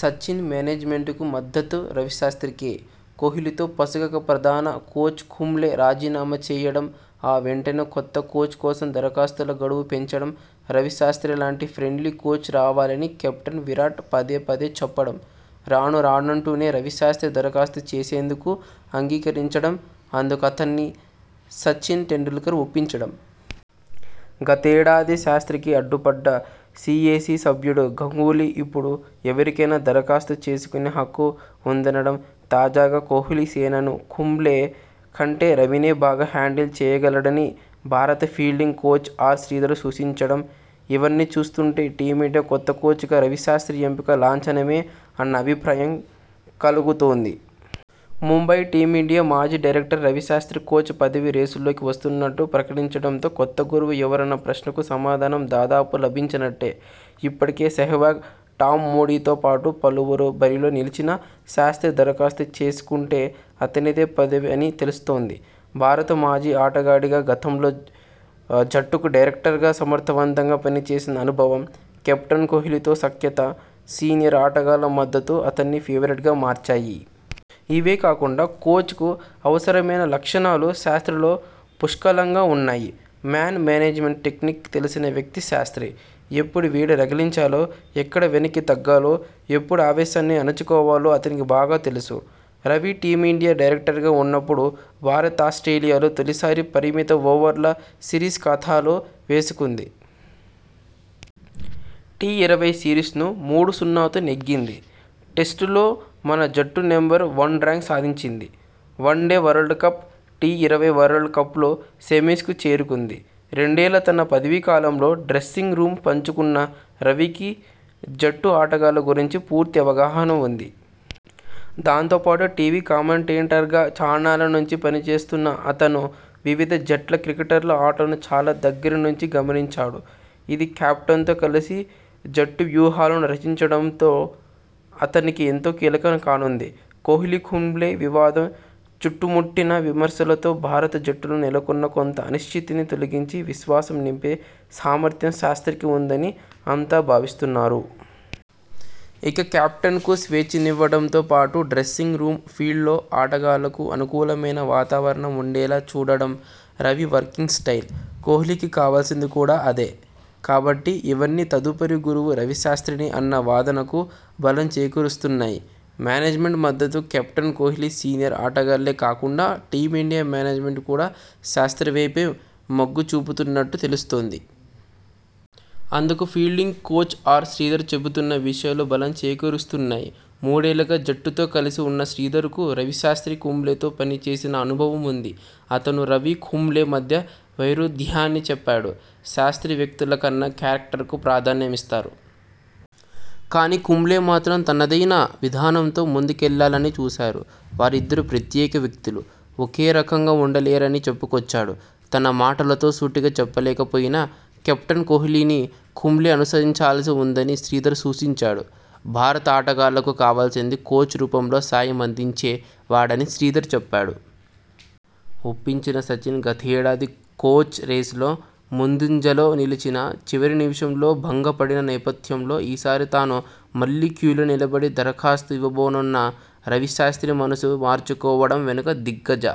Sachin, management మద్దతు రవిశాస్ర్తికే! కోహ్లీతో పొసగక ప్రధాన కోచ్ కుంబ్లే రాజీనామా చేయడంఆ వెంటనే కొత్త కోచ్ కోసం దరఖాస్తుల గడువు పెంచడం.. రవిశాస్ర్తి లాంటి 'ఫ్రెండ్లీ' కోచ్ రావాలని కెప్టెన్ విరాట్ పదే పదే చెప్పడం.. రాను రానంటూనే రవిశాస్ర్తి దరఖాస్తు చేసేందుకు అంగీకరించడంఅందుకు అతణ్ని సచిన్ టెండూల్కర్ ఒప్పించడం.. గతేడాది శాస్ర్తికి అడ్డుపడ్డ సీఏసీ సభ్యుడు గంగూలీ ఇప్పుడు ఎవరికైనా దరఖాస్తు చేసుకునే హక్కు ఉందనడం.. తాజాగా కోహ్లీసేనను కుంబ్లే కంటే రవినే బాగా 'హ్యాండిల్' చేయగలడని భారత ఫీల్డింగ్ కోచ్ ఆర్ శ్రీధర్ సూచించడం.. ఇవన్నీ చూస్తుంటే టీమిండియా కొత్త కోచ్ గా రవిశాస్ర్తి ఎంపిక లాంఛనమే అన్న అభిప్రాయం కలుగుతోంది..! ముంబై టీమిండియా మాజీ డైరెక్టర్ రవిశాస్ర్తి కోచ్ పదవి రేసులోకి వస్తున్నట్టు ప్రకటించడంతో కొత్త గురువు ఎవరన్న ప్రశ్నకు సమాధానం దాదాపు లభించినట్టే. ఇప్పటికే.. సెహ్వాగ్, టామ్ మూడీతో పాటు పలువురు బరిలో నిలిచినా.. శాస్ర్తి దరఖాస్తు చేసుకుంటే అతనిదే పదవి అని తెలుస్తోంది. భారత మాజీ ఆటగాడిగా, గతంలో జట్టుకు డైరెక్టర్గా సమర్థవంతంగా పనిచేసిన అనుభవం, కెప్టెన్ కోహ్లీతో సఖ్యత, సీనియర్ ఆటగాళ్ల మద్దతు అతణ్ణి ఫేవరెట్ గా మార్చాయి. ఇవే కాకుండా కోచ్ కు అవసరమైన లక్షణాలు శాస్ర్తిలో పుష్కలంగా ఉన్నాయి. 'మ్యాన్ మేనేజ్మెంట్' టెక్నిక్ తెలిసిన వ్యక్తి శాస్ర్తి. ఎప్పుడు వేడి రగిలించాలో.. ఎక్కడ వెనక్కి తగ్గాలో, ఎప్పుడు ఆవేశాన్ని అణచుకోవాలో అతనికి బాగా తెలుసు. రవి టీమిండియా డైరెక్టర్గా ఉన్నప్పుడు భారత్ఆస్ట్రేలియాలో తొలిసారి పరిమిత ఓవర్ల సిరీస్ ఖాతాలో వేసుకుంది. టీ ఇరవై సిరీస్ను మూడు సున్నాతో నెగ్గింది. టెస్టుల్లో మన జట్టు నెంబర్ వన్ ర్యాంక్ సాధించింది. వన్డే వరల్డ్ కప్, టీ ఇరవై వరల్డ్ కప్ లో సెమీస్ కు చేరుకుంది. రెండేళ్ల తన పదవీకాలంలో డ్రెస్సింగ్ రూమ్ పంచుకున్న రవికి జట్టు ఆటగాళ్ల గురించి పూర్తి అవగాహన ఉంది. దాంతో పాటు.. టీవీ కామెంటేటర్గా చాన్నాళ్ల నుంచి పని చేస్తున్న అతను వివిధ జట్ల క్రికెటర్ల ఆటను చాలా దగ్గరి నుంచి గమనించాడు. ఇది, కెప్టెన్తో కలిసి జట్టు వ్యూహాలను రచించడంలో అతనికి ఎంతో కీలకం కానుంది. కోహ్లీ కుంబ్లే వివాదం, చుట్టుముట్టిన విమర్శలతో భారత జట్టులో నెలకొన్న కొంత అనిశ్చితిని తొలగించి విశ్వాసం నింపే సామ ర్థ్యం శాస్ర్తికి ఉందని అంతా భావిస్తున్నారు. ఇక కెప్టెన్కు స్వేచ్ఛనివ్వడంతో పాటు డ్రెస్సింగ్ రూమ్, ఫీల్డ్లో ఆటగాళ్లకు అనుకూలమైన వాతావరణం ఉండేలా చూడడం రవి వర్కింగ్ స్టయిల్. కోహ్లీకి కావాల్సింది కూడా అదే. కాబట్టి ఇవన్నీ తదుపరి గురువు రవిశాస్ర్తినే అన్న వాదనకు బలం చేకూరుస్తున్నాయి. మేనేజ్మెంట్ మద్దతు కెప్టెన్ కోహ్లీ, సీనియర్ ఆటగాళ్లే కాకుండా టీమిండియా మేనేజ్మెంట్ కూడా శాస్ర్తివైపే మొగ్గు చూపుతున్నట్టు తెలుస్తోంది. అందుకు, ఫీల్డింగ్ కోచ్ ఆర్ శ్రీధర్ చెబుతున్న విషయాలు బలం చేకూరుస్తున్నాయి. మూడేళ్లుగా జట్టుతో కలిసి ఉన్న శ్రీధర్ కు రవిశాస్ర్తి, కుంబ్లేతో పని చేసిన అనుభవం ఉంది. అతను రవి, కుంబ్లే మధ్య వైరుధ్యాన్ని చెప్పాడు. 'శాస్ర్తి వ్యక్తుల కన్నా క్యారెక్టర్ కు ప్రాధాన్యం ఇస్తారు. కానీ, కుంబ్లే మాత్రం తనదైన విధానంతో ముందుకెళ్లాలని చూశారు. వారిద్దరూ ప్రత్యేక వ్యక్తులు. ఒకే రకంగా ఉండలేరని చెప్పుకొచ్చాడు. తన మాటలతో సూటిగా చెప్పకపోయినా.. కెప్టెన్ కోహ్లీని కుంబ్లే అనుసరించాల్సి ఉందని శ్రీధర్ సూచించాడు. భారత ఆటగాళ్లకు కావాల్సింది కోచ్ రూపంలో సాయం అందించే వాడని శ్రీధర్ చెప్పాడు. ఒప్పించిన సచిన్! గతేడాది కోచ్ రేసులో ముందంజలో నిలిచినా.. చివరి నిమిషంలో భంగపడిన నేపథ్యంలో ఈసారి తాను మళ్లీ క్యూలో నిలబడి దరఖా స్తు ఇవ్వబోనన్న రవిశాస్ర్తి మనసు మార్చుకోవడం వెనుక దిగ్గజ